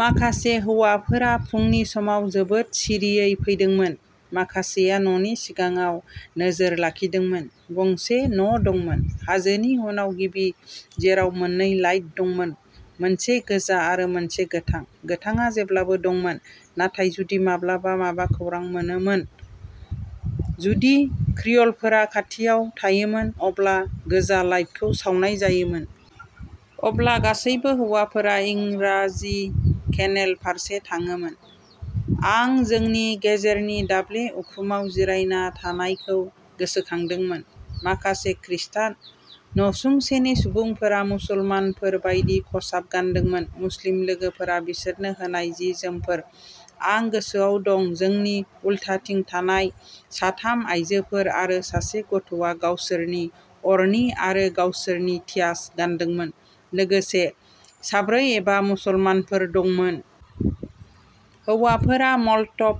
माखासे हौवाफोरा फुंनि समाव जोबोद सिरियै फैदोंमोन। माखासेया न'नि सिगाङाव नोजोर लाखिदोंमोन। गंसे न'दंमोन, हाजोनि उनाव गिबि, जेराव मोननै लाइट दंमोन, मोनसे गोजा आरो मोनसे गोथां। गोथांआ जेब्लाबो दंमोन, नाथाय जुदि माब्लाबा माबा खौरां मोनोमोन, जुदि क्रिय'लफोरा खाथियाव थायोमोन, अब्ला गोजा लाइटखौ सावनाय जायोमोन। अब्ला गासैबो हौवाफोरा'इंराजि केनेल'फारसे थाङोमोन। आं जोंनि गेरेजनि दाब्ले उखुमाव जिरायना थानायखौ गोसोखांदोंमोन। माखासे खृस्टान नसुंसेनि सुबुंफोरा मुसलमानफोर बायदि खसाब गानदोंमोन, मुस्लिम लोगोफोरा बिसोरनो होनाय जि-जोमफोर। आं गोसोआव दं, जोंनि उल्थाथिं थानाय साथाम आयजोफोर आरो सासे गथ'आ गावसोरनि'अरनी'आरो गावसोरनि'टियास'गानदोंमोन, लोगोसे साब्रै एबा साबा मुसलमानफोर दंमोन। हौवाफोरा म'ल'ट'भ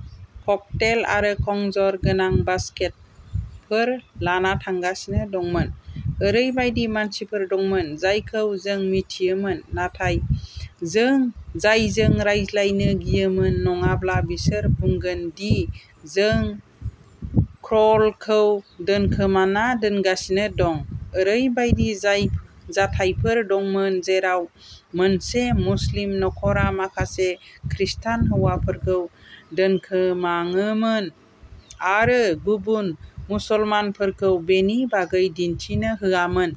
ककटेल आरो खंजर गोनां बासकेटफोर लाना थांगासिनो दंमोन। ओरैबायदि मानसिफोर दंमोन जायखौ जों मिथियोमोन, नाथाय जों जायजों रायज्लायनो गियोमोन नङाब्ला बिसोर बुंगोन दि जों क्रेअ'लखौ दोनखोमाना दोनगासिनो दं। ओरैबायदि जाथायफोर दंमोन जेराव मोनसे मुस्लिम नख'रा माखासे खृस्टान हौवाफोरखौ दोनखोमाङोमोन, आरो गुबुन मुसलमानफोरखौ बेनि बागै मिन्थिनो होआमोन।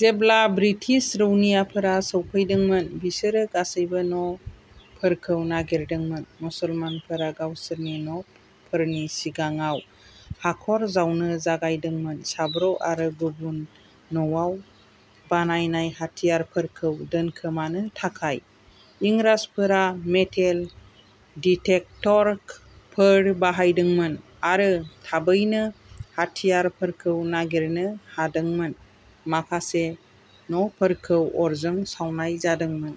जेब्ला ब्रिटिश रौनियाफोरा सौफैदोंमोन, बिसोरो गासैबो न'फोरखौ नागिरदोंमोन। मुसलमानफोरा गावसोरनि न'फोरनि सिगाङाव हाखर जावनो जागायदोंमोन साब्र आरो गुबुन न'आव बानायनाय हाथियारफोरखौ दोनखोमानो थाखाय। इंराजफोरा मेटेल डिटेक्टरफोर बाहायदोंमोन आरो थाबैनो हाथियारफोरखौ नागिरनो हादोंमोन। माखासे न'फोरखौ अरजों सावनाय जादोंमोन।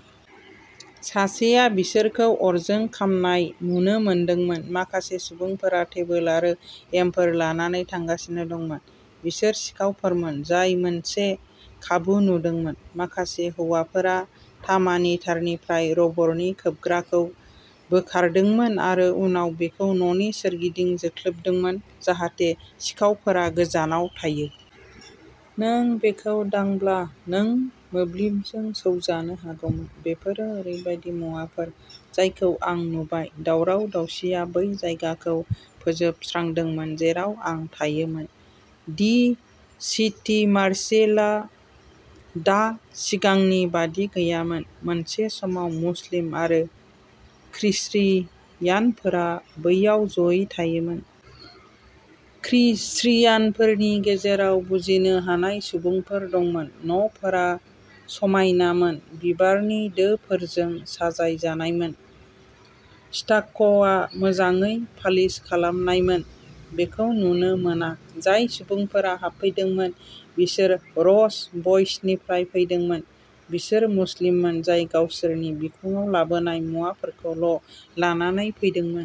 सासेआ बिसोरखौ अरजों खामनाय नुनो मोनदोंमोन। माखासे सुबुंफोरा टेबोल आरो एमफोर लानानै थांगासिनो दंमोन। बिसोर सिखावफोरमोन जाय मोनसे खाबु नुदोंमोन। माखासे हौवाफोरा तामानि तारनिफ्राय रबरनि खोबग्राखौ बोखारदोंमोन आरो उनाव बेखौ न'नि सोरगिदिं जोख्लोबदोंमोन जाहाथे सिखावफोरा गोजानाव थायो। नों बेखौ दांब्ला, नों मोब्लिबजों सौजानो हागौमोन। बेफोरो ओरैबायदि मुवाफोर जायखौ आं नुबाय। दावराव-दावसिया बै जायगाखौ फोजोबस्रांदोंमोन जेराव आं थायोमोन। दि सिटि मार्शियेलआ दा सिगांनि बादि गैयामोन। मोनसे समाव मुस्लिम आरो क्रिश्चियानफोरा बैयाव जयै थायोमोन। क्रिश्चियानफोरनि गेजेराव'बुजिनो हानाय'सुबुंफोर दंमोन। न'फोरा समायनामोन, बिबारनि दोफोरजों साजायजानायमोन। स्टाक'आ मोजाङै पालिश खालामनायमोन। बेखौ नुनो मोना। जाय सुबुंफोरा हाबफैदोंमोन बिसोर र'च बइसनिफ्राय फैदोंमोन; बिसोर मुस्लिममोन जाय गावसोरनि बिखुङाव लाबोनाय मुवाफोरखौल'लानानै फैदोंमोन।